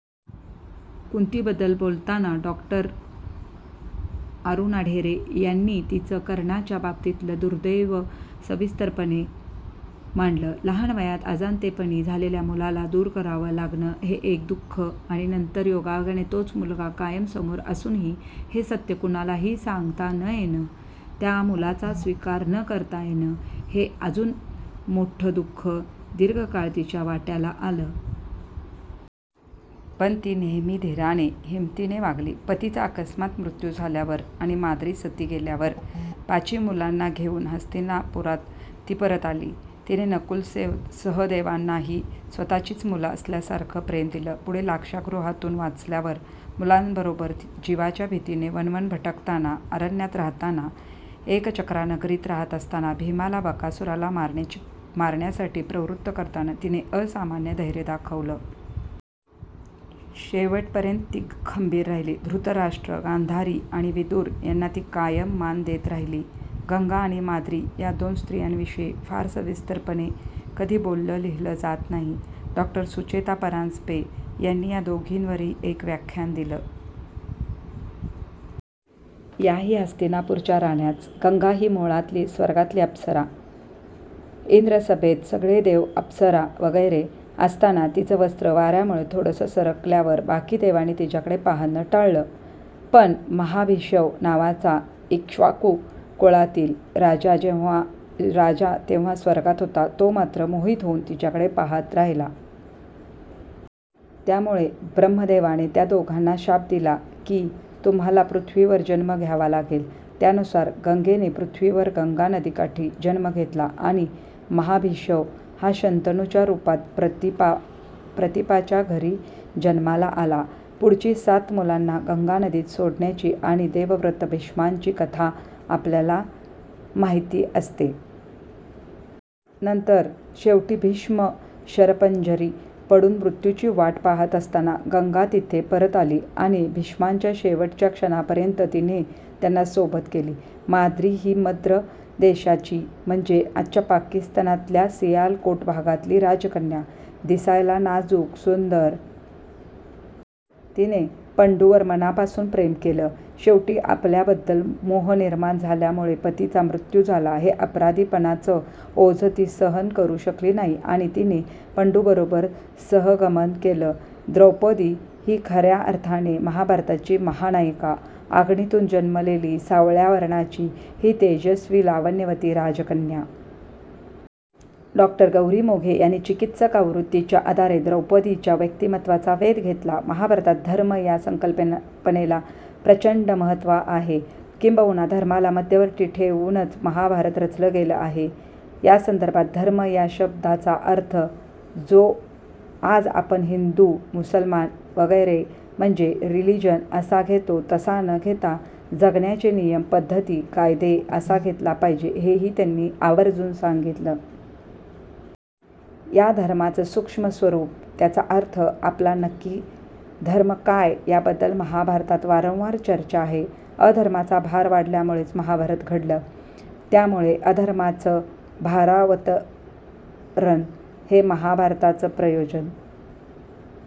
कुंतीबद्दल बोलताना डॉ. अरुणा ढेरे यांनी तिचं कर्णाच्या बाबतीतलं दुर्दैव सविस्तरपणे मांडलं. लहान वयात अजाणतेपणी झालेल्या मुलाला दूर करावं लागणं हे एक दु:ख आणि नंतर योगायोगाने तोच मुलगा कायम समोर असूनही हे सत्य कुणालाही सांगता न येणं, त्या मुलाचा स्वीकार न करता येणं हे अजून मोठं दु:ख दीर्घकाळ तिच्या वाट्याला आलं. पण ती नेहमी धीराने, हिमतीने वागली. पतीचा अकस्मात मृत्यू झाल्यावर आणि माद्री सती गेल्यावर पाची मुलांना घेऊन हस्तिनापुरात ती परत आली. तिने नकुल-सहदेवांनाही स्वतःचीच मुलं असल्यासारखं प्रेम दिलं. पुढे लाक्षागृहातून वाचल्यावर मुलांबरोबर जिवाच्या भीतीने वणवण भटकताना, अरण्यात राहताना, एकचक्रा नगरीत रहात असताना भीमाला बकासुराला मारण्यासाठी प्रवृत्त करताना तिने असामान्य धैर्य दाखवलं. शेवटपर्यंत ती खंबीर राहिली. धृतराष्ट्र, गांधारी आणि विदुर यांना ती कायम मान देत राहिली. गंगा आणि माद्री या दोन स्त्रियांविषयी फार सविस्तरपणे कधी बोललं, लिहिलं जात नाही. डॉ. सुचेता परांजपे यांनी या दोघींवरही एक व्याख्यान दिलं. याही हस्तिनापूरच्या राण्याच. गंगा ही मुळातली स्वर्गातली अप्सरा. इंद्रसभेत सगळे देव, अप्सरा वगैरे असताना तिचं वस्त्र वार्यामुळे थोडं सरकल्यावर बाकी देवांनी तिच्याकडे पाहणं टाळलं, पण महाभिषव नावाचा ईक्ष्वाकु कुलातला राजा तेव्हा स्वर्गात होता, तो मात्र मोहित होऊन तिच्याकडे पहात राहिला. त्यामुळे ब्रह्मदेवाने त्या दोघांना शाप दिला की तुम्हाला पृथ्वीवर जन्म घ्यावा लागेल. त्यानुसार गंगेने पृथ्वीवर गंगा नदीकाठी जन्म घेतला आणि महाभिषव हा शंतनूच्या रूपात प्रतीपाच्या घरी जन्माला आला. पुढची सात मुलांना गंगा नदीत सोडण्याची आणि देवव्रत भीष्मांची कथा आपल्याला माहिती असते. नंतर शेवटी भीष्म शरपंजरी पडून मृत्यूची वाट पहात असताना गंगा तिथे परत आली आणि भीष्मांच्या शेवटच्या क्षणापर्यंत तिने त्यांना सोबत केली. माद्री ही मद्र देशाची, म्हणजे आजच्या पाकिस्तानातल्या सियालकोट भागातली राजकन्या. दिसायला नाजूक, सुंदर. तिने पंडूवर मनापासून प्रेम केलं. शेवटी आपल्याबद्दल मोह निर्माण झाल्यामुळे पतीचा मृत्यू झाला हे अपराधीपणाचं ओझं ती सहन करू शकली नाही आणि तिने पंडूबरोबर सहगमन केलं. द्रौपदी ही खर्या अर्थाने महाभारताची महानायिका. अग्नीतून जन्मलेली, सावळ्या वर्णाची ही तेजस्वी, लावण्यवती राजकन्या. डॉ. गौरी मोघे यांनी चिकित्सक आवृत्तीच्या आधारे द्रौपदीच्या व्यक्तिमत्त्वाचा वेध घेतला. महाभारतात 'धर्म' या संकल्पनेला प्रचंड महत्त्व आहे. किंबहुना धर्माला मध्यवर्ती ठेवूनच महाभारत रचलं गेलं आहे. या संदर्भात 'धर्म' या शब्दाचा अर्थ जो आज आपण हिंदू, मुसलमान वगैरे, म्हणजे 'रिलीजन' असा घेतो, तसा न घेता 'जगण्याचे नियम, पद्धती, कायदे' असा घेतला पाहिजे हेही त्यांनी आवर्जून सांगितलं. या धर्माचं सूक्ष्म स्वरूप, त्याचा अर्थ, आपला नक्की धर्म काय, याबद्दल महाभारतात वारंवार चर्चा आहे. अधर्माचा भार वाढल्यामुळेच महाभारत घडलं, त्यामुळे अधर्माचं 'भारावतरण' हे महाभारताचं प्रयोजन--